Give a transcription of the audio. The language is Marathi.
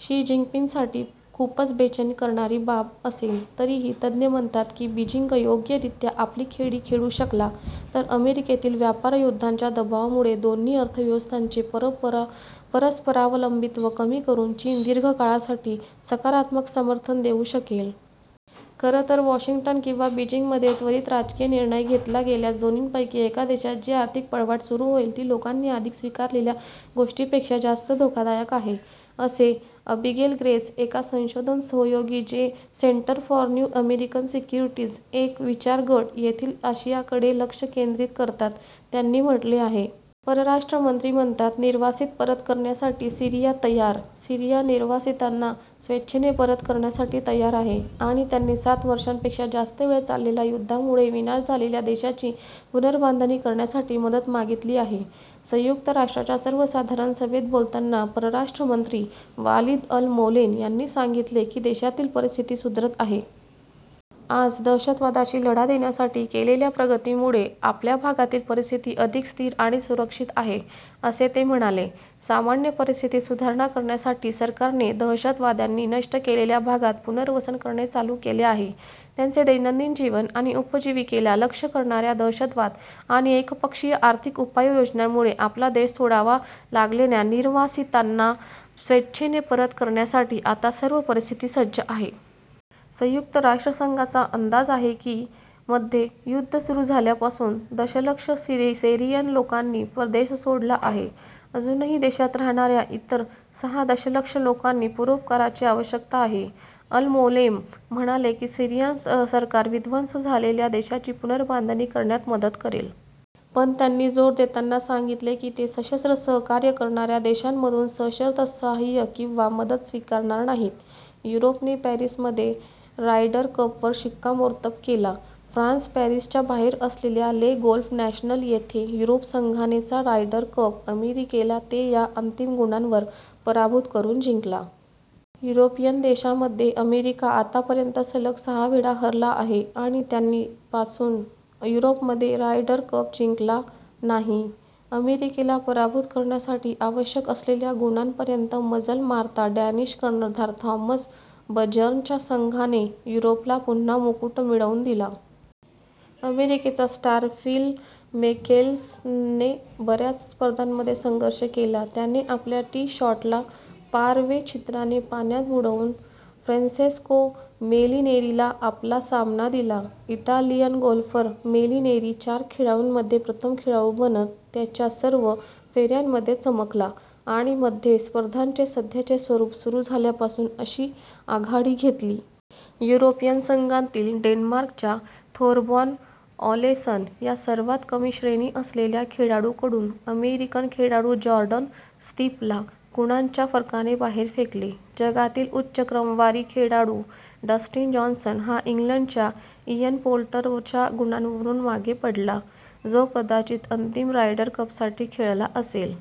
शी जिनपिंगसाठी खूपच बेचैन करणारी बाब असेल. तरीही, तज्ज्ञ म्हणतात की बीजिंग योग्यरित्या आपली खेळी खेळू शकला, तर अमेरिकेतील व्यापारयुद्धांच्या दबावामुळे दोन्ही अर्थव्यवस्थांचे परस्परावलंबित्व कमी करून चीन दीर्घ काळासाठी सकारात्मक समर्थन देऊ शकेल. खरं तर, वॉशंग्टन किंवा बीजिंगमध्ये त्वरित राजकीय निर्णय घेतला गेल्यास दोन्हीपैकी एका देशात जी आर्थिक पळवाट सुरू होईल ती लोकांनी आधी स्विकारलेल्या गोष्टीपेक्षा जास्त धोकादायक आहे, "असे अबिगेल ग्रेस एक संशोधन सहयोगी जे Center for New American Security एक विचार गट येथील आशियाकडे लक्ष केंद्रित करतात त्यांनी म्हटले आहे. परराष्ट्र मंत्री म्हणतात, निर्वासित परत करण्यासाठी सीरिया 'तयार'. सीरिया निर्वासितांना स्वेच्छेने परत करण्यासाठी तयार आहे आणि त्यांनी सात वर्षांपेक्षा जास्त वेळ चाललेल्या युद्धामुळे विनाश झालेल्या देशाची पुनर्बांधणी करण्यासाठी मदत मागितली आहे. संयुक्त राष्ट्राच्या सर्वसाधारण सभेत बोलताना परराष्ट्र मंत्री वालिद अल-मौलेम यांनी सांगितले की देशातील परिस्थिती सुधारत आहे. "आज दहशतवादाशी लढा देण्यासाठी केलेल्या प्रगतीमुळे आपल्या भागातील परिस्थिती अधिक स्थिर आणि सुरक्षित आहे," असे ते म्हणाले. सामान्य परिस्थितीत सुधारणा करण्यासाठी सरकारने दहशतवाद्यांनी नष्ट केलेल्या भागात पुनर्वसन करणे चालू केले आहे. त्यांचे दैनंदिन जीवन आणि उपजीविकेला लक्ष्य करणा-या दहशतवाद आणि एकपक्षीय आर्थिक उपाययोजनांमुळे आपला देश सोडावा लागलेल्या निर्वासितांना स्वेच्छेने परत करण्यासाठी आता सर्व परिस्थिती सज्ज आहे. संयुक्त राष्ट्रसंघाचा अंदाज आहे की मध्ये युद्ध सुरु झाल्यापासून दशलक्ष सेरियन लोकांनी देश सोडला आहे. अजूनही देशात राहणा-या इतर सहा दशलक्ष लोकांना परोपकाराची आवश्यकता आहे. अल-मौलेम म्हणाले की, सीरियन सरकार विध्वंस झालेल्या देशाची पुनर्बांधणी करण्यात मदत करेल. पण त्यांनी जोर देताना सांगितले की ते सशस्त्र सहाय्य करणार्या देशांमधून सशर्त सहाय्य किंवा मदत स्वीकारणार नाहीत. युरोपने पॅरिसमध्ये रायडर कपवर शिक्कामोर्तब केला फ्रान्स, पॅरिसच्या बाहेर असलेल्या ले गोल्फ नॅशनल येथे युरोप संघाने चा रायडर कप अमेरिकेला ते या अंतिम गुणांवर पराभुत करून जिंकला. युरोपियन देशामध्ये अमेरिका आतापर्यंत सलग सहा वेळा हरला आहे आणि त्यांनी पासून युरोपमध्ये रायडर कप जिंकला नाही. अमेरिकेला पराभूत करण्यासाठी आवश्यक असलेल्या गुणांपर्यंत मजल मारत डॅनिश कर्णधार थॉमस बजर्नच्या संघाने युरोपला पुन्हा मुकुट मिळवून दिला. अमेरिकेचा स्टार फिल मिकेल्सनने ब-याच स्पर्धांमध्ये संघर्ष केला, त्याने आपल्या टी-शॉटला पार- वे छिद्राने पाण्यात बुडवून फ्रेन्सेस्को मोलिनेरीला आपला सामना दिला. इटालियन गोल्फर मोलिनेरी चार खेळाडूंमध्ये प्रथम खेळाडू बनत त्याच्या सर्व फे-यांमध्ये चमकला आणि मध्ये स्पर्धांचे सध्याचे स्वरूप सुरू झाल्यापासून अशी आघाडी घेतली. युरोपियन संघातील डेन्मार्कच्या थोरबॉर्न ओलेसन या सर्वात कमी श्रेणी असलेल्या खेळाडूकडून अमेरिकन खेळाडू जोर्डन स्पिथला गुणांच्या फरकाने बाहेर फेकले. जगातील उच्च क्रमवारीचा खेळाडू डस्टिन जॉन्सन हा इंग्लंडच्या इयन पोल्टरच्या गुणांवरून मागे पडला, जो कदाचित अंतिम रायडर कपसाठी खेळला असेल.